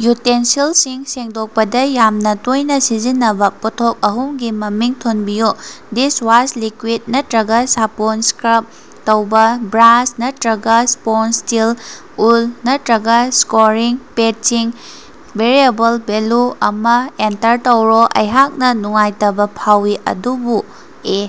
ꯌꯨꯇꯦꯟꯁꯤꯜꯁꯤꯡ ꯁꯦꯡꯗꯣꯛꯄꯗ ꯌꯥꯝꯅ ꯇꯣꯏꯅ ꯁꯤꯖꯤꯟꯅꯕ ꯄꯣꯠꯊꯣꯛ ꯑꯍꯨꯝ ꯒꯤ ꯃꯃꯤꯡ ꯊꯣꯟꯕꯤꯌꯨ꯫ ꯗꯤꯁꯋꯥꯁ ꯂꯤꯀ꯭ꯌꯨꯏꯗ ꯅꯠꯇꯔ꯭ꯒ ꯁꯥꯄꯣꯟ ꯁꯀ꯭ꯔꯕ ꯇꯧꯕ ꯕ꯭ꯔꯥꯁ ꯅꯠꯇꯔꯒ ꯁ꯭ꯄꯣꯟꯖ ꯁ꯭ꯇꯤꯜ ꯎꯜ ꯅꯠꯇꯔ꯭ꯒ ꯁ꯭ꯀꯣꯔꯤꯡ ꯄꯦꯗꯁꯤꯡ꯫ ꯚꯦꯔꯤꯑꯦꯕꯜ ꯚꯦꯜꯌꯨ ꯑꯃꯥ ꯑꯦꯟꯇꯔ ꯇꯧꯔꯣ. ꯑꯩꯍꯥꯛꯅ ꯅꯨꯡꯉꯥꯏꯇꯕ ꯐꯥꯎꯏ, ꯑꯗꯨꯕꯨ ꯑꯦ.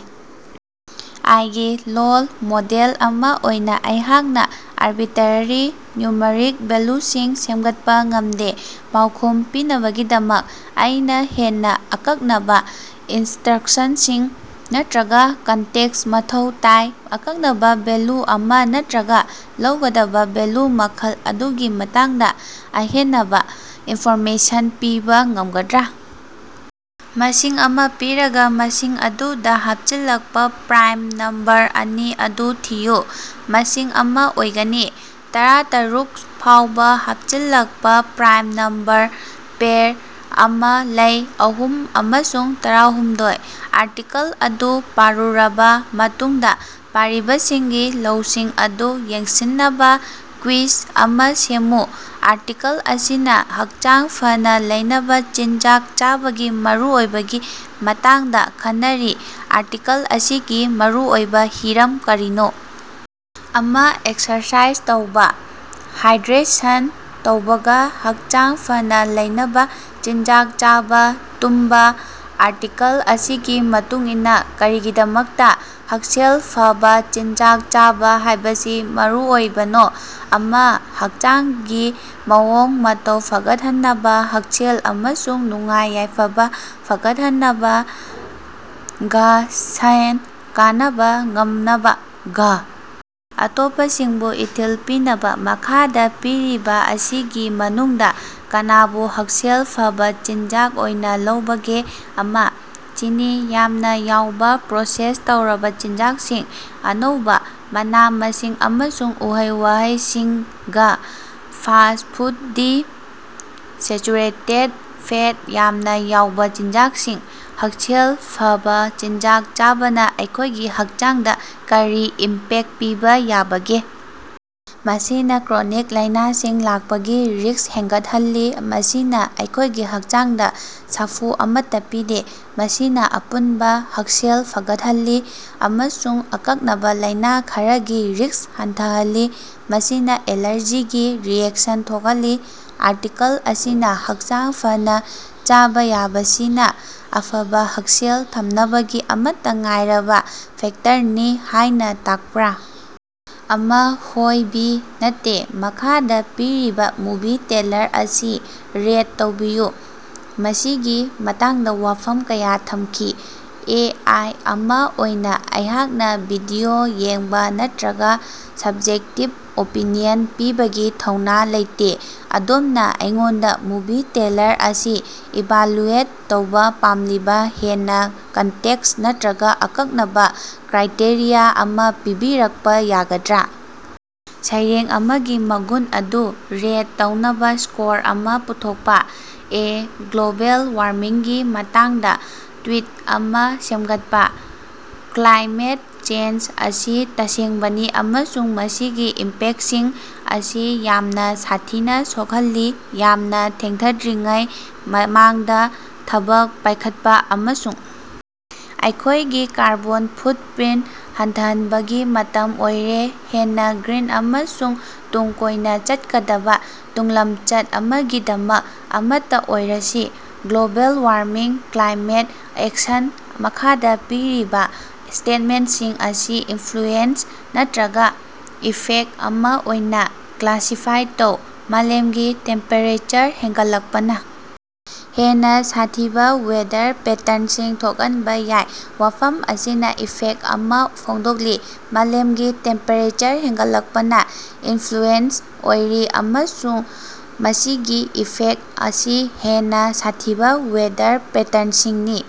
ꯑꯥꯏ. ꯒꯤ ꯂꯣꯜ ꯃꯣꯗꯦꯜ ꯑꯃ ꯑꯣꯏꯅ ꯑꯩꯍꯥꯛꯅ ꯑꯔꯕꯤꯇꯔꯦꯔꯤ ꯅ꯭ꯌꯨꯃꯔꯤꯛ ꯚꯦꯜꯌꯨꯁꯤꯡ ꯁꯦꯝꯒꯠꯄ ꯉꯝꯗꯦ꯫ ꯄꯥꯎꯈꯨꯝ ꯄꯤꯅꯕꯒꯤꯗꯃꯛ ꯑꯩꯅ ꯍꯦꯟꯅ ꯑꯀꯛꯅꯕ ꯏꯟꯁ꯭ꯇꯔꯛꯁꯟꯁꯤꯡ ꯅꯠꯇꯔꯒ ꯀꯟꯇꯦꯛꯁ ꯃꯊꯧ ꯇꯥꯏ꯫ ꯑꯀꯛꯅꯕ ꯚꯦꯜꯌꯨ ꯑꯃ ꯅꯠꯇꯔꯒ ꯂꯧꯒꯗꯕ ꯚꯦꯜꯌꯨ ꯃꯈꯜ ꯑꯗꯨꯒꯤ ꯃꯇꯥꯡꯗ ꯑꯍꯦꯅꯕ ꯏꯟꯐꯣꯔꯃꯦꯁꯟ ꯄꯤꯕ ꯉꯝꯒꯗ꯭ꯔ? ꯃꯁꯤꯡ ꯑꯃꯥ ꯄꯤꯔꯒ, ꯃꯁꯤꯡ ꯑꯗꯨꯗ ꯍꯥꯞꯆꯤꯜꯂꯛꯄ ꯄ꯭ꯔꯥꯏꯝ ꯅꯝꯕꯔ ꯑꯅꯤ ꯑꯗꯨ ꯊꯤꯌꯨ꯫ ꯃꯁꯤꯡ ꯑꯃ ꯑꯣꯏꯒꯅꯤ꯫ ꯇꯔꯥꯇꯔꯨꯛ ꯐꯥꯎꯕ ꯍꯥꯞꯆꯤꯜꯂꯛꯄ ꯄ꯭ꯔꯥꯏꯝ ꯅꯝꯕꯔ ꯄꯦꯔ ꯑꯃꯥ ꯂꯩ: ꯑꯍꯨꯝ ꯑꯃꯁꯨꯡ ꯇꯔꯥꯍꯨꯝꯗꯣꯏ꯫ ꯑꯥꯔꯇꯤꯀꯜ ꯑꯗꯨ ꯄꯥꯔꯨꯔꯕꯥ ꯃꯇꯨꯡꯗꯥ ꯄꯥꯔꯤꯕꯁꯤꯡꯒꯤ ꯂꯧꯁꯤꯡ ꯑꯗꯨ ꯌꯦꯡꯁꯤꯟꯅꯕ ꯀ꯭ꯋꯤꯖ ꯑꯃꯥ ꯁꯦꯝꯃꯨ꯫ ꯑꯥꯔꯇꯤꯀꯜ ꯑꯁꯤꯅ ꯍꯛꯆꯥꯡ ꯐꯅ ꯂꯩꯅꯕ ꯆꯤꯟꯖꯥꯛ ꯆꯥꯕꯒꯤ ꯃꯔꯨꯑꯣꯏꯕꯒꯤ ꯃꯇꯥꯡꯗ ꯈꯟꯅꯔꯤ꯫ ꯑꯥꯔꯇꯤꯀꯜ ꯑꯁꯤꯒꯤ ꯃꯔꯨꯑꯣꯏꯕ ꯍꯤꯔꯝ ꯀꯔꯤꯅꯣ? ꯑꯃ. ꯑꯦꯛꯁꯔꯁꯥꯏꯖ ꯇꯧꯕꯥ. ꯍꯥꯏꯗ꯭ꯔꯦꯁꯟ ꯇꯧꯕꯥ ꯒ. ꯍꯛꯆꯥꯡ ꯐꯅ ꯂꯩꯅꯕ ꯆꯤꯟꯖꯥꯛ ꯆꯥꯕꯥ. ꯇꯨꯝꯕꯥ ꯑꯥꯔꯇꯤꯀꯜ ꯑꯁꯤꯒꯤ ꯃꯇꯨꯡꯏꯟꯅ, ꯀꯔꯤꯒꯤꯗꯃꯛꯇ ꯍꯛꯁꯦꯜ ꯐꯕ ꯆꯤꯟꯖꯥꯛ ꯆꯥꯕ ꯍꯥꯏꯕꯁꯤ ꯃꯔꯨꯑꯣꯏꯕꯅꯣ? ꯑꯃ. ꯍꯛꯆꯥꯡꯒꯤ ꯃꯑꯣꯡ-ꯃꯇꯧ ꯐꯒꯠꯍꯟꯅꯕ. ꯍꯛꯁꯦꯜ ꯑꯃꯁꯨꯡ ꯅꯨꯡꯉꯥꯏ-ꯌꯥꯏꯐꯕ ꯐꯒꯠꯍꯟꯅꯕ ꯒ. ꯁꯦꯟ ꯀꯅꯕ ꯉꯝꯅꯕ ꯘ. ꯑꯇꯣꯞꯄꯁꯤꯡꯕꯨ ꯏꯊꯤꯜ ꯄꯤꯅꯕ꯫ ꯃꯈꯥꯗ ꯄꯤꯔꯤꯕ ꯑꯁꯤꯒꯤ ꯃꯅꯨꯡꯗ ꯀꯅꯥꯕꯨ ꯍꯛꯁꯦꯜ ꯐꯕ ꯆꯤꯟꯖꯥꯛ ꯑꯣꯏꯅ ꯂꯧꯕꯒꯦ? ꯑꯃ. ꯆꯤꯅꯤ ꯌꯥꯝꯅ ꯌꯥꯎꯕꯥ ꯄ꯭ꯔꯣꯁꯦꯁ ꯇꯧꯔꯕ ꯆꯤꯟꯖꯥꯛꯁꯤꯡ. ꯑꯅꯧꯕꯥ ꯃꯅꯥ-ꯃꯁꯤꯡ ꯑꯃꯁꯨꯡ ꯎꯍꯩ-ꯋꯥꯍꯩꯁꯤꯡ ꯒ. ꯐꯥꯁ꯭ꯠ ꯐꯨꯗ ꯗꯤ. ꯁꯦꯆꯨꯔꯦꯇꯦꯗ ꯐꯦꯠ ꯌꯥꯝꯅꯥ ꯌꯥꯎꯕꯥ ꯆꯤꯟꯖꯥꯛꯁꯤꯡ ꯍꯛꯁꯦꯜ ꯐꯕꯥ ꯆꯤꯟꯖꯥꯛ ꯆꯥꯕꯅ ꯑꯩꯈꯣꯏꯒꯤ ꯍꯛꯆꯥꯡꯗꯥ ꯀꯔꯤ ꯏꯝꯄꯦꯛ ꯄꯤꯕ ꯌꯥꯕꯒꯦ? ꯃꯁꯤꯅ ꯀ꯭ꯔꯣꯅꯤꯛ ꯂꯥꯏꯅꯥꯁꯤꯡ ꯂꯥꯛꯄꯒꯤ ꯔꯤꯁ꯭ꯛ ꯍꯦꯡꯒꯠꯍꯜꯂꯤ, ꯃꯁꯤꯅ ꯑꯩꯈꯣꯏꯒꯤ ꯍꯛꯆꯥꯡꯗ ꯁꯥꯐꯨ ꯑꯃꯠꯇ ꯄꯤꯗꯦ, ꯃꯁꯤꯅꯥ ꯑꯄꯨꯟꯕ ꯍꯛꯁꯦꯜ ꯐꯒꯠꯍꯜꯂꯤ ꯑꯃꯁꯨꯡ ꯑꯀꯛꯅꯕ ꯂꯥꯏꯅ ꯈꯔꯒꯤ ꯔꯤꯁ꯭ꯛ ꯍꯟꯊꯍꯜꯂꯤ, ꯃꯁꯤꯅ ꯑꯦꯂꯥꯔꯖꯤꯒꯤ ꯔꯤꯑꯦꯛꯁꯟ ꯊꯣꯛꯍꯜꯂꯤ꯫ ꯑꯥꯔꯇꯤꯀꯜ ꯑꯁꯤꯅ ꯍꯛꯆꯥꯡ ꯐꯅ ꯆꯥꯚꯥꯌꯥꯕꯁꯤꯅ ꯑꯐꯕ ꯍꯛꯁꯦꯜ ꯊꯝꯅꯕꯒꯤ ꯑꯃꯠꯇ ꯉꯥꯏꯔꯕ ꯐꯦꯛꯇꯔꯅꯤ ꯍꯥꯏꯅ ꯇꯥꯛꯄꯔꯥ? ꯑꯃ. ꯍꯣꯏ ꯕꯤ. ꯅꯠꯇꯦ꯫ ꯃꯈꯥꯗ ꯄꯤꯔꯤꯕ ꯃꯨꯚꯤ ꯇ꯭ꯔꯦꯂꯔ ꯑꯁꯤ ꯔꯦꯠ ꯇꯧꯕꯤꯌꯨ꯫ ꯃꯁꯤꯒꯤ ꯃꯇꯥꯡꯗꯥ ꯋꯥꯐꯝ ꯀꯌꯥ ꯊꯝꯈꯤ꯫ ꯑꯦ. ꯑꯥꯏ. ꯑꯃꯥ ꯑꯣꯏꯅ ꯑꯩꯍꯥꯛꯅ ꯚꯤꯗꯤꯑꯣ ꯌꯦꯡꯕ ꯅꯠꯇꯔꯒ ꯁ꯭ꯕꯖꯦꯛꯇꯤꯕ ꯑꯣꯄꯤꯅꯤꯌꯟ ꯄꯤꯕꯒꯤ ꯊꯧꯅꯥ ꯂꯩꯇꯦ꯫ ꯑꯗꯣꯝꯅ ꯑꯩꯉꯣꯟꯗ ꯃꯨꯚꯤ ꯇ꯭ꯔꯦꯂꯔ ꯑꯁꯤ ꯏꯚꯥꯂꯨꯑꯦꯠ ꯇꯧꯕ ꯄꯥꯝꯂꯤꯕ ꯍꯦꯟꯅ ꯀꯟꯇꯦꯛꯁ ꯅꯠꯇꯔꯒ ꯑꯀꯛꯅꯕ ꯀ꯭ꯔꯥꯏꯇꯦꯔꯤꯌꯥ ꯑꯃ ꯄꯤꯕꯤꯔꯛꯄ ꯌꯥꯒꯗ꯭ꯔꯥ? ꯁꯩꯔꯦꯡ ꯑꯃꯒꯤ ꯃꯒꯨꯟ ꯑꯗꯨ ꯔꯦꯠ ꯇꯧꯅꯕ ꯁ꯭ꯀꯣꯔ ꯑꯃ ꯄꯨꯊꯣꯛꯄꯥ꯫ ꯑꯦ. ꯒ꯭ꯂꯣꯕꯦꯜ ꯋꯥꯔꯃꯤꯡꯒꯤ ꯃꯇꯥꯡꯗꯥ ꯇ꯭ꯋꯤꯠ ꯑꯃꯥ ꯁꯦꯝꯒꯠꯄ꯫ ꯀ꯭ꯂꯥꯏꯃꯦꯠ ꯆꯦꯟꯖ ꯑꯁꯤ ꯇꯁꯦꯡꯕꯅꯤ ꯑꯃꯁꯨꯡ ꯃꯁꯤꯒꯤ ꯏꯝꯄꯦꯛꯁꯤꯡ ꯑꯁꯤ ꯌꯥꯝꯅ ꯁꯥꯊꯤꯅ ꯁꯣꯛꯍꯜꯂꯤ꯫ ꯌꯥꯝꯅ ꯊꯦꯡꯊꯗ꯭ꯔꯤꯉꯩ ꯃꯃꯥꯡꯗ ꯊꯕꯛ ꯄꯥꯏꯈꯠꯄ ꯑꯃꯁꯨꯡ ꯑꯩꯈꯣꯏꯒꯤ ꯀꯥꯔꯕꯣꯟ ꯐꯨꯠꯄ꯭ꯔꯤꯟꯠ ꯍꯟꯊꯍꯟꯕꯒꯤ ꯃꯇꯝ ꯑꯣꯏꯔꯦ꯫ ꯍꯦꯟꯅ ꯒ꯭ꯔꯤꯟ ꯑꯃꯁꯨꯡ ꯇꯨꯡ ꯀꯣꯏꯅ ꯆꯠꯀꯗꯕ ꯇꯨꯡꯂꯝꯆꯠ ꯑꯃꯒꯤꯗꯃꯛ ꯑꯃꯠꯇꯥ ꯑꯣꯏꯔꯁꯤ꯫ ꯒ꯭ꯂꯣꯕꯦꯜꯋꯥꯔꯃꯤꯡ ꯀ꯭ꯂꯥꯏꯃꯦꯠ ꯑꯦꯛꯁꯟ ꯃꯈꯥꯗ ꯄꯤꯔꯤꯕ ꯁ꯭ꯇꯦꯠꯃꯦꯟꯠꯁꯤꯡ ꯑꯁꯤ ꯏꯟꯐ꯭ꯂꯨꯑꯦꯟꯖꯥ ꯅꯠꯇꯔꯒ ꯏꯐꯦꯛ ꯑꯃ ꯑꯣꯏꯅ ꯀ꯭ꯂꯥꯁꯤꯐꯥꯏ ꯇꯧ: "ꯃꯥꯂꯦꯝꯒꯤ ꯇꯦꯝꯄꯦꯔꯦꯆꯔ ꯍꯦꯟꯒꯠꯂꯛꯄꯅ ꯍꯦꯟꯅ ꯁꯥꯊꯤꯕ ꯋꯦꯗꯔ ꯄꯦꯇꯔꯟꯁꯤꯡ ꯊꯣꯛꯍꯟꯕ ꯌꯥꯏ"꯫ ꯋꯥꯐꯝ ꯑꯁꯤꯅ ꯏꯐꯦꯛ ꯑꯃ ꯐꯣꯡꯗꯣꯛꯂꯤ꯫ ꯃꯥꯂꯦꯝꯒꯤ ꯇꯦꯝꯄꯦꯔꯦꯆꯔ ꯍꯦꯟꯒꯠꯂꯛꯄꯅ ꯏꯟꯐ꯭ꯂꯨꯑꯦꯟꯖꯥ ꯑꯣꯏꯔꯤ, ꯑꯃꯁꯨꯡ ꯃꯁꯤꯒꯤ ꯏꯐꯦꯛ ꯑꯁꯤ ꯍꯦꯟꯅ ꯁꯥꯊꯤꯕ ꯋꯦꯗꯔ ꯄꯦꯇꯔꯟꯁꯤꯡꯅꯤ꯫